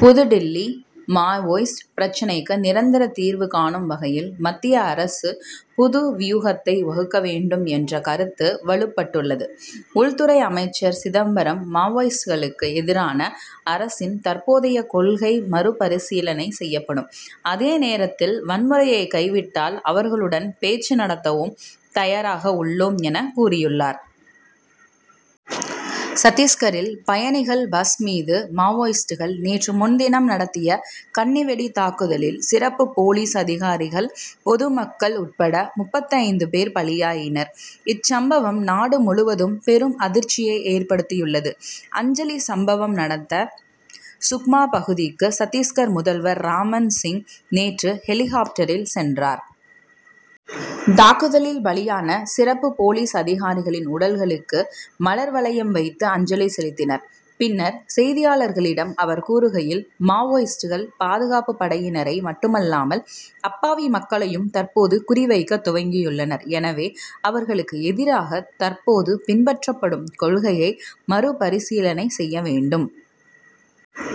புதுடில்லி Maoist பிரச்னைக்கு நிரந்தர தீர்வு காணும் வகையில் மத்திய அரசு புது வியூகத்தை வகுக்க வேண்டும் என்ற கருத்து வலுப்பட்டுள்ளது. உள்துறை அமைச்சர் சிதம்பரம் மாவோயிஸ்டுகளுக்கு எதிரான அரசின் தற்போதைய கொள்கை மறு பரிசீலனை செய்யப்படும். அதே நேரத்தில் வன்முறையை கைவிட்டால் அவர்களுடன் பேச்சு நடத்தவும் தயாராக உள்ளோம் என கூறியுள்ளார். சத்திஸ்கரில் பயணிகள் பஸ் மீது மாவோயிஸ்டுகள் நேற்று முன்தினம் நடத்திய கண்ணி வெடி தாக்குதலில் சிறப்பு போலீஸ் அதிகாரிகள் பொது மக்கள் உட்பட முப்பத்தைந்து பேர் பலியாயினர். இச்சம்பவம் நாடு முழுவதும் பெரும் அதிர்ச்சியை ஏற்படுத்தியுள்ளது. அஞ்சலி சம்பவம் நடந்த சுக்மா பகுதிக்கு சத்திஸ்கர் முதல்வர் ராமன் சிங் நேற்று ஹெலிகாப்டரில் சென்றார். தாக்குதலில் பலியான சிறப்பு போலீஸ் அதிகாரிகளின் உடல்களுக்கு மலர் வளையம் வைத்து அஞ்சலி செலுத்தினார். பின்னர் செய்தியாளர்களிடம் அவர் கூறுகையில் மாவோயிஸ்டுகள் பாதுகாப்பு படையினரை மட்டுமல்லாமல் அப்பாவி மக்களையும் தற்போது குறி வைக்க துவங்கியுள்ளனர். எனவே அவர்களுக்கு எதிராக தற்போது பின்பற்றப்படும் கொள்கையை மறுபரிசீலனை செய்ய வேண்டும்.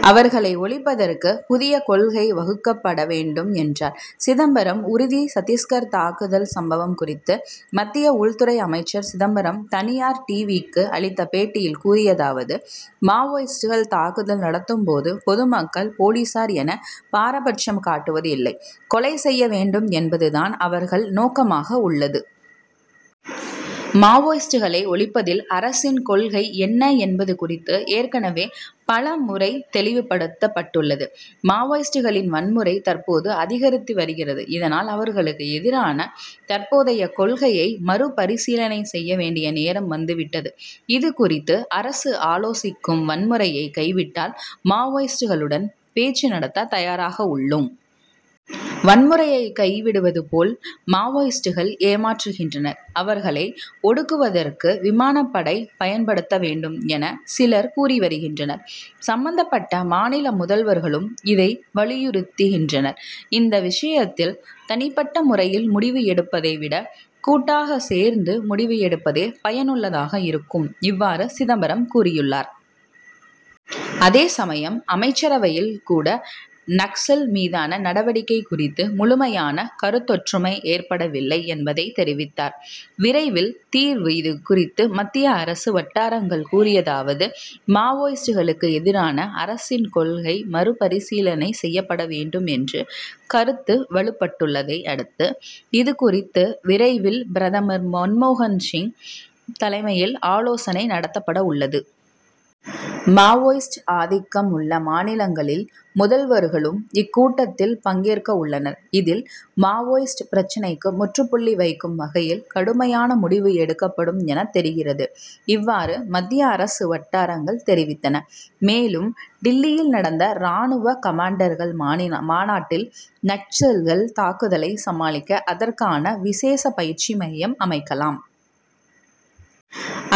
அவர்களை ஒழிப்பதற்கு புதிய கொள்கை வகுக்கப்பட வேண்டும் என்றார். சிதம்பரம் உறுதி சத்திஸ்கர் தாக்குதல் சம்பவம் குறித்து மத்திய உள்துறை அமைச்சர் சிதம்பரம் தனியார் டிவிக்கு அளித்த பேட்டியில் கூறியதாவது மாவோயிஸ்டுகள் தாக்குதல் நடத்தும்போது பொதுமக்கள் போலீசார் என பாரபட்சம் காட்டுவது இல்லை. கொலை செய்ய வேண்டும் என்பது தான் அவர்கள் நோக்கமாக உள்ளது. மாவோயிஸ்டுகளை ஒழிப்பதில் அரசின் கொள்கை என்ன என்பது குறித்து ஏற்கனவே பல முறை தெளிவுபடுத்தப்பட்டுள்ளது. மாவோயிஸ்டுகளின் வன்முறை தற்போது அதிகரித்து வருகிறது. இதனால் அவர்களுக்கு எதிரான தற்போதைய கொள்கையை மறு பரிசீலனை செய்ய வேண்டிய நேரம் வந்து விட்டது. இதுகுறித்து அரசு ஆலோசிக்கும். வன்முறையை கைவிட்டால் மாவோயிஸ்டுகளுடன் பேச்சு நடத்த தயாராக உள்ளோம். வன்முறையை கைவிடுவது போல் மாவோயிஸ்டுகள் ஏமாற்றுகின்றனர். அவர்களை ஒடுக்குவதற்கு விமானப்படை பயன்படுத்த வேண்டும் என சிலர் கூறி வருகின்றனர். சம்பந்தப்பட்ட மாநில முதல்வர்களும் இதை வலியுறுத்துகின்றனர். இந்த விஷயத்தில் தனிப்பட்ட முறையில் முடிவு எடுப்பதை விட கூட்டாக சேர்ந்து முடிவு எடுப்பதே பயனுள்ளதாக இருக்கும். இவ்வாறு சிதம்பரம் கூறியுள்ளார். அதே சமயம் அமைச்சரவையில் கூட நக்சல் மீதான நடவடிக்கை குறித்து முழுமையான கருத்தொற்றுமை ஏற்படவில்லை என்பதைத் தெரிவித்தார். விரைவில் தீர்வு இதுகுறித்து மத்திய அரசு வட்டாரங்கள் கூறியதாவது மாவோயிஸ்டுகளுக்கு எதிரான அரசின் கொள்கை மறு பரிசீலனை செய்யப்பட வேண்டும் என்ற கருத்து வலுப்பட்டுள்ளதை அடுத்து இதுகுறித்து விரைவில் பிரதமர் மன்மோகன் சிங் தலைமையில் ஆலோசனை நடத்தப்பட உள்ளது. மாவோயிஸ்ட் ஆதிக்கம் உள்ள மாநிலங்களின் முதல்வர்களும் இக்கூட்டத்தில் பங்கேற்கவுள்ளனர். இதில் மாவோயிஸ்ட் பிரச்னைக்கு முற்றுப்புள்ளி வைக்கும் வகையில் கடுமையான முடிவு எடுக்கப்படும் என தெரிகிறது. இவ்வாறு மத்திய அரசு வட்டாரங்கள் தெரிவித்தன. மேலும் டில்லியில் நடந்த ராணுவ கமாண்டர்கள் மாநாட்டில் நக்சல்கள் தாக்குதலை சமாளிக்க அதற்கான விசேஷ பயிற்சி மையம் அமைக்கலாம்.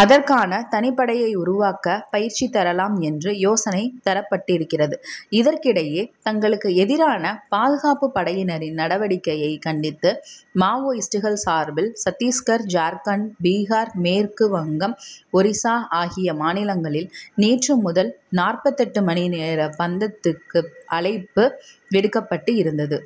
அதற்கான தனிப்படையை உருவாக்க பயிற்சி தரலாம் என்று யோசனை தரப்பட்டிருக்கிறது. இதற்கிடையே தங்களுக்கு எதிரான பாதுகாப்பு படையினரின் நடவடிக்கையை கண்டித்து மாவோயிஸ்டுகள் சார்பில் சத்திஸ்கர் ஜார்க்கண்ட் பீகார் மேற்கு வங்கம் ஒரிசா ஆகிய மாநிலங்களில் நேற்று முதல் நாற்பத்தெட்டு மணி நேர பந்த்துக்கு அழைப்பு விடுக்கப்பட்டு இருந்தது.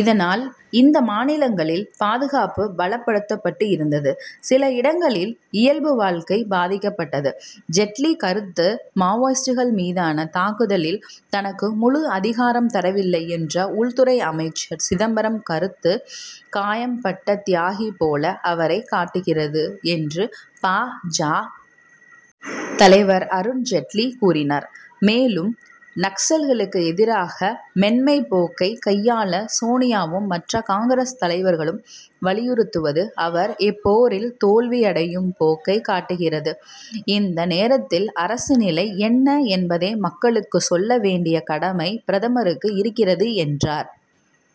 இதனால் இந்த மாநிலங்களில் பாதுகாப்பு பலப்படுத்தப்பட்டு இருந்தது. சில இடங்களில் இயல்பு வாழ்க்கை பாதிக்கப்பட்டது. ஜெட்லி கருத்து மாவோயிஸ்டுகள் மீதான தாக்குதலில் தனக்கு முழு அதிகாரம் தரவில்லை என்ற உள்துறை அமைச்சர் சிதம்பரம் கருத்து காயம்பட்ட தியாகி போல அவரைக் காட்டுகிறது என்று பா. ஜ. தலைவர் அருண் ஜெட்லி கூறினார். மேலும் நக்சல்களுக்கு எதிராக மென்மைப் போக்கை கையாள சோனியாவும் மற்ற காங்கிரஸ் தலைவர்களும் வலியுறுத்துவது அவர் இப்போரில் தோல்வியடையும் போக்கை காட்டுகிறது. இந்த நேரத்தில் அரசு நிலை என்ன என்பதை மக்களுக்கு சொல்ல வேண்டிய கடமை பிரதமருக்கு இருக்கிறது என்றார்.